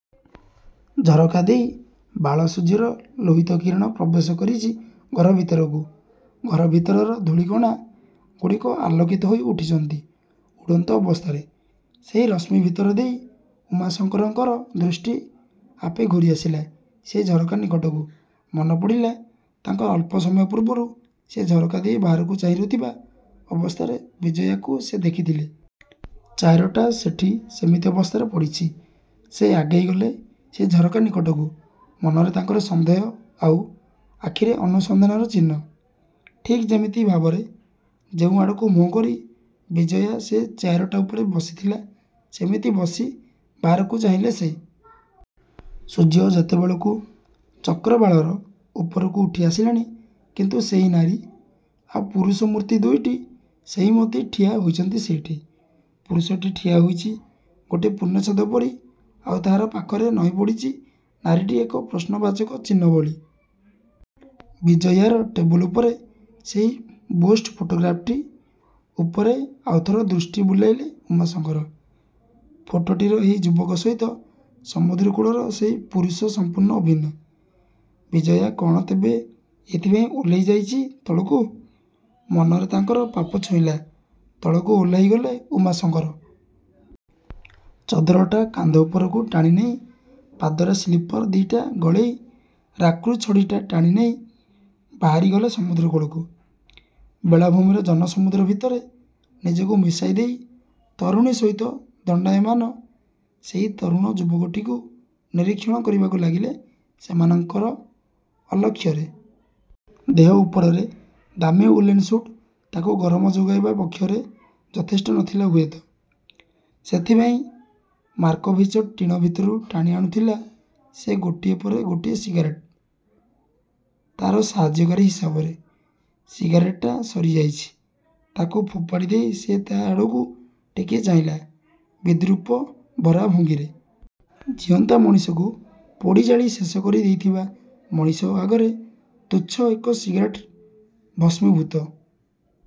ଝରକା ଦେଇ ବାଳ ସୂର୍ଯ୍ୟର ଲୋହିତ କିରଣ ପ୍ରବେଶ କରିଚି ଘର ଭିତରକୁ। ଘର ଭିତରର ଧୂଳି କଣା ଗୁଡ଼ିକ ଆଲୋକିତ ହୋଇ ଉଠିଚନ୍ତି ଉଡ଼ନ୍ତ ଅବସ୍ଥାରେ। ସେଇ ରଶ୍ମୀ ଭିତର ଦେଇ ଉମାଶଙ୍କରଙ୍କ ଦୃଷ୍ଟି ଆପେ ଘୂରି ଆସିଲା ସେଇ ଝରକା ନିକଟକୁ। ମନେପଡ଼ିଲା ତାଙ୍କର ଅଳ୍ପ ସମୟ ପୂର୍ବରୁ ସେଇ ଝରକା ଦେଇ ବାହାରକୁ ଚାହିଁ ରହିଥିବା ଅବସ୍ଥାରେ ବିଜୟାକୁ ସେ ଦେଖିଥିଲେ। ଚେୟାରଟା ସେଠି ସେମିତି ଅବସ୍ଥାରେ ପଡ଼ିଚି। ସେ ଆଗେଇ ଗଲେ ସେଇ ଝରକା ନିକଟକୁ। ମନରେ ତାଙ୍କର ସନ୍ଦେହ ଆଉ ଆଖିରେ ଅନୁସନ୍ଧାନର ଚିହ୍ନ। ଠିକ୍ ଯେମିତି ଭାବରେ ଯେଉଁ ଆଡ଼କୁ ମୁହଁ କରି ବିଜୟା ସେ ଚେୟାରଟା ଉପରେ ବସିଥିଲା, ସେମିତି ବସି ବାହାରକୁ ଚାହିଁଲେ ସେ। ସୂର୍ଯ୍ୟ ଯେତେବେଳକୁ ଚକ୍ରବାଳର ଉପରକୁ ଉଠି ଆସିଲେଣି କିନ୍ତୁ ସେଇ ନାରୀ। ଆଉ ପୁରୁଷ ମୂର୍ତ୍ତି ଦୁଇଟି ସେଇମତି ଠିଆ ହୋଇଛନ୍ତି ସେଇଠି। ପୁରୁଷଟି ଠିଆ ହୋଇଚି ଗୋଟିଏ ପୂର୍ଣ୍ଣଚ୍ଛେଦ ପରି ଆଉ ତାହାର ପାଖରେ ନଇଁ ପଡ଼ିଚି ନାରୀଟି ଏକ ପ୍ରଶ୍ନବାଚକ ଚିହ୍ନ ଭଳି। ବିଜୟାର ଟେବୁଲ୍ ଉପରେ ସେଇ ବୋଷ୍ଟ ଫଟୋଗ୍ରାଫ୍ଟି ଉପରେ ଆଉଥରେ ଦୃଷ୍ଟି ବୁଲାଇଲେ ଉମାଶଙ୍କର। ଫଟୋଟିର ଏହି ଯୁବକ ସହିତ ସମୁଦ୍ର କୂଳର ସେଇ ପୁରୁଷ-ସଂପୂର୍ଣ୍ଣ ଅଭିନ୍ନ। ବିଜୟା କ'ଣ ତେବେ ଏଇଥିପାଇଁ ଓହ୍ଲେଇ ଯାଇଚି ତଳକୁ? ମନରେ ତାଙ୍କର ପାପ ଛୁଇଁଲା। ତଳକୁ ଓହ୍ଲାଇ ଗଲେ ଉମାଶଙ୍କର। ଚଦରଟା କାନ୍ଧ ଉପରକୁ ଟାଣି ନେଇ, ପାଦରେ ସ୍ଳିପର୍ ଦି'ଟା ଗଳେଇ, ରାକ୍ରୁ ଛଡ଼ିଟା ଟାଣି ନେଇ ବାହାରି ଗଲେ ସମୁଦ୍ର କୂଳକୁ। ବେଳାଭୂମିର ଜନ ସମୁଦ୍ର ଭିତରେ ନିଜକୁ ମିଶାଇ ଦେଇ ତରୁଣୀ ସହିତ ଦଣ୍ତାୟମାନ ସେଇ ତରୁଣ ଯୁବକଟିକୁ ନିରୀକ୍ଷଣ କରିବାକୁ ଲାଗିଲେ ସେମାନଙ୍କର ଅଲକ୍ଷରେ। ଦେହ ଉପରରେ ଦାମୀ ଉଲେନ୍ ସୁଟ୍ ତାକୁ ଗରମ ଯୋଗାଇବା ପକ୍ଷରେ ଯଥେଷ୍ଟ ନଥିଲା ହୁଏତ, ସେଇଥିପାଇଁ ମାର୍କୋଭିଚ ଟିଣ ଭିତରୁ ଟାଣି ଆଣୁଥିଲା ସେ ଗୋଟିଏ ପରେ ଗୋଟିଏ ସିଗାରେଟ୍ ତା'ର ସାହାଯ୍ୟକାରୀ ହିସାବରେ। ସିଗାରେଟ୍ଟା ସରି ଯାଇଚି। ତାକୁ ଫୋପାଡ଼ି ଦେଇ ସେ ତା' ଆଡ଼କୁ ଟିକିଏ ଚାହିଁଲା ବିଦ୍ରୂପ ଭରା ଭଙ୍ଗିରେ। ଜିଅନ୍ତା ମଣିଷକୁ ପୋଡ଼ି ଜାଳି ଶେଷ କରି ଦେଇଥିବା ମଣିଷ ଆଗରେ ତୁଚ୍ଛ ଏକ ସିଗାରେଟ୍ର ଭସ୍ମିଭୂତ